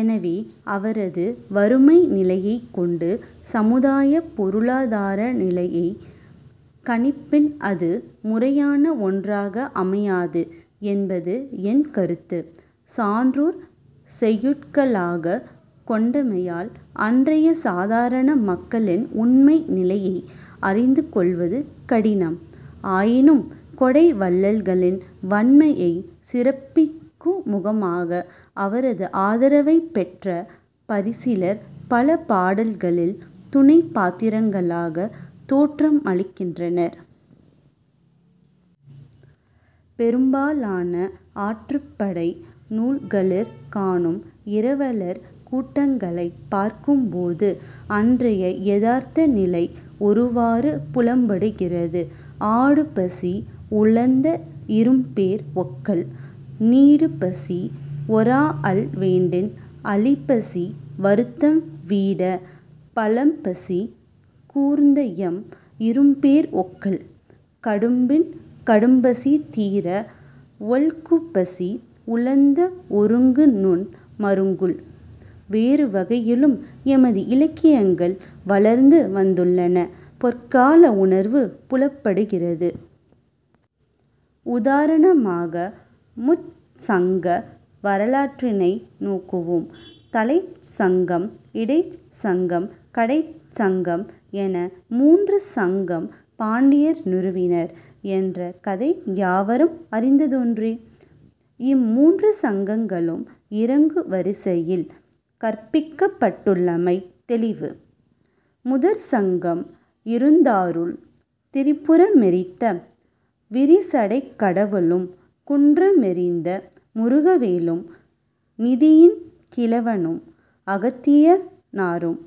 எனவே அவரது வறுமைநிலையைக் கொண்டு சமுதாயப் பொருளாதார நிலையைக் கணிப்பின் அது முறையான ஒன்றாக அமையாது என்பது என் கருத்து. சான்றோர் செய்யுட்களாகக் கொண்டமையால் அன்றைய சாதாரண மக்களின் உண்மை நிலையை அறிந்து கொள்வது கடினம். ஆயினும் கொடை வள்ளல்களின் வண்மையைச் சிறப்பிக்குமுகமாக, அவரது ஆதரவைப் பெற்ற பரிசிலர் பல பாடல்களில் துணைப் பாத்திரங்களாகத் தோற்றமளிக்கின்றனர். பெரும்பாலான ஆற்றுப் படை நூல்களிற் காணும் இரவலர் கூட்டங்களைப் பார்க்கும்போது, அன்றைய யதார்த்த நிலை ஒருவாறு புலப்படுகிறது. "ஆடுபசி உழந்த இரும்பேர் ஒக்கல்" "நீடுபசி ஒராஅல் வேண்டின்" "அழிபசி வருத்தம் வீட" "பழம்பசி கூர்ந்தஎம் இரும்பேர் ஒக்கல்" "கடும்பின் கடும்பசி தீர" "ஒல்குபசி உழந்த ஒருங்கு நுண் மருங்குல்" வேறுவகையிலும் எமது இலக்கியங்கள் வளர்ந்து வந்துள்ள பொற்கால உணர்வு புலப்படுகிறது. உதாரணமாக முச்சங்க வரலாற்றினை நோக்குவோம். தலைச்சங்கம், இடைச்சங்கம், கடைச்சங்கம் என மூன்று சங்கம் பாண்டியர் நிறுவினர் என்ற கதை யாவரும் அறிந்ததொன்றே. அம்மூன்று சங்கங்களும் இறங்கு வரிசையில் கற்பிக்கப்பட்டுள்ளமை தௌிவு. முதற் சங்கம் இருந்தாருள் திரிபுரமெரித்த விரிசடைக் கடவுளும், குன்றமெறிந்த முருகவேளும், நிதியின் கிழவனும், அகத்தியனாரும்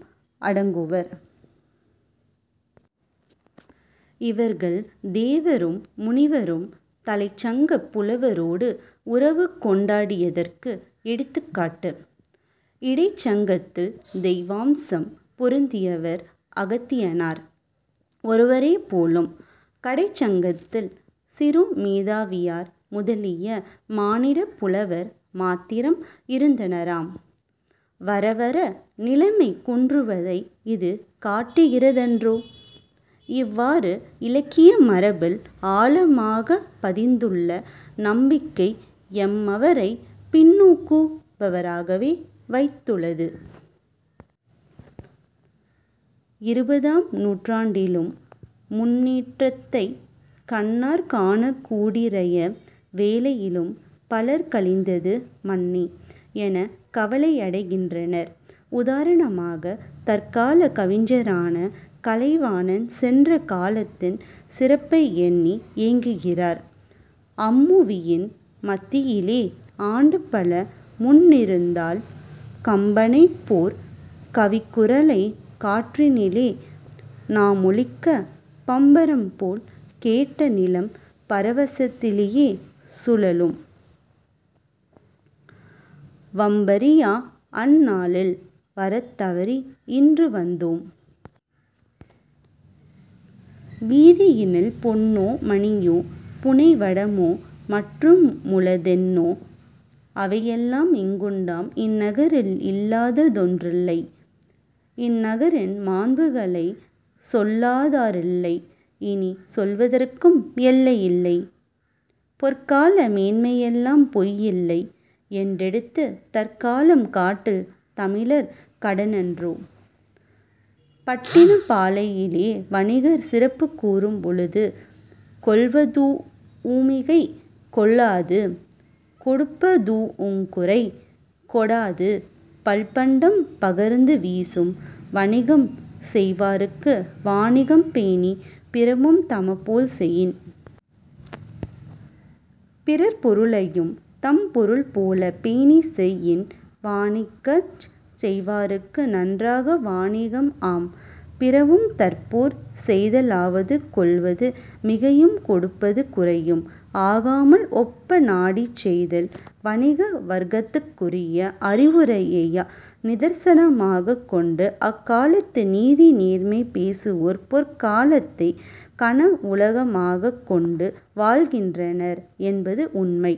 அடங்குவர். இவர்கள் தேவரும் முனிவரும் தலைச்சங்கப் புலவரோடு உறவு கொண்டாடியதற்கு எடுத்துக்காட்டு. இடைச் சங்கத்தில் தெய்வாம்சம் பொருந்தியவர் அகத்தியனார் ஒருவரேபோலும். கடைச்சங்கத்தில் சிறுமேதாவியார் முதலிய மானிடப் புலவர் மாத்திரம் இருந்தனராம். வரவர நிலைமை குன்றுவதை இது காட்டுகிறதன்றோ! இவ்வாறு இலக்கிய மரபில் ஆழமாகப் பதிந்துள்ள நம்பிக்கை எம்மவரைப் பின்னோக்குபவராகவே வைத்துளது. இருபதாம் நூற்றாண்டிலும்-முன்னேற்றத்தைக் கண்ணாற் காணக்கூடிறய வேளையிலும்-பலர் "கழிந்தது மன்னே" எனக் கவலையடைகின்றனர். உதாரணமாக, தற்காலக் கவிஞரான கலைவாணன் சென்ற காலத்தின் சிறப்பையெண்ணி ஏங்குகிறார். "அம்புவியின் மத்தியிலே ஆண்டுபல முன்னிருந்தால் கம்பனைப் போற் கவிக்குரலைக் காற்றினிலே நாமொலிக்கப் பம்பரம்போல் கேட்ட நிலம் பரவசத்திலே சுழலும் வம்பறியா அந் நாளில் வரத் தவறி இன்று வந்தோம். "வீதியினில் பொன்னோ மணியோ, புனைவடமோ மற்றுமுள தென்னோ அவையெல்லாம் இங்குண்டாம் இந்நகரில் இல்லாத தொன்றில்லை இந் நகரின் மாண்புகளைச் சொல்லாதா ரில்லையினிச் சொல்வதற்கும் எல்லையிலை. பொற்கால மேன்மையெலாம் பொய்யில்லை என்றெடுத்துத் தற்காலம் காட்டல் தமிழர் கடனன்றோ. " பட்டினப்பாலையிலே வணிகர் சிறப்புக் கூறும் பொழுது, "கொள்வதூஉ மிகை கொளாது கொடுப்பதூஉங் குறை கொடாது பல்பண்டம் பகர்ந்து வீசும்" "வணிகம் செய்வார்க்கு வாணிகம் பேணிப் பிறவும் தமபோல் செயின். " "பிறர் பொருளையும் தம்பொருள் போலப் பேணிச் செய்யின், வாணிகஞச் செய்வார்க்கு நன்றாய வாணிகம் ஆம். பிறவும் தம்போற் செய்தலாவது கொள்வது மிகையும் கொடுப்பது குறையும் ஆகாமல் ஒப்ப நாடிச் செய்தல். " வணிக வர்க்கத்தாருக்குரிய அறிவுரையை நிதர்சனமாகக் கொண்டு, அக்காலத்து "நீதிநேர்மை" பேசுவோர் பொற்காலத்தைக் கனவுலகமாகக் கொண்டு வாழ்கின்றனர் என்பது உண்மை.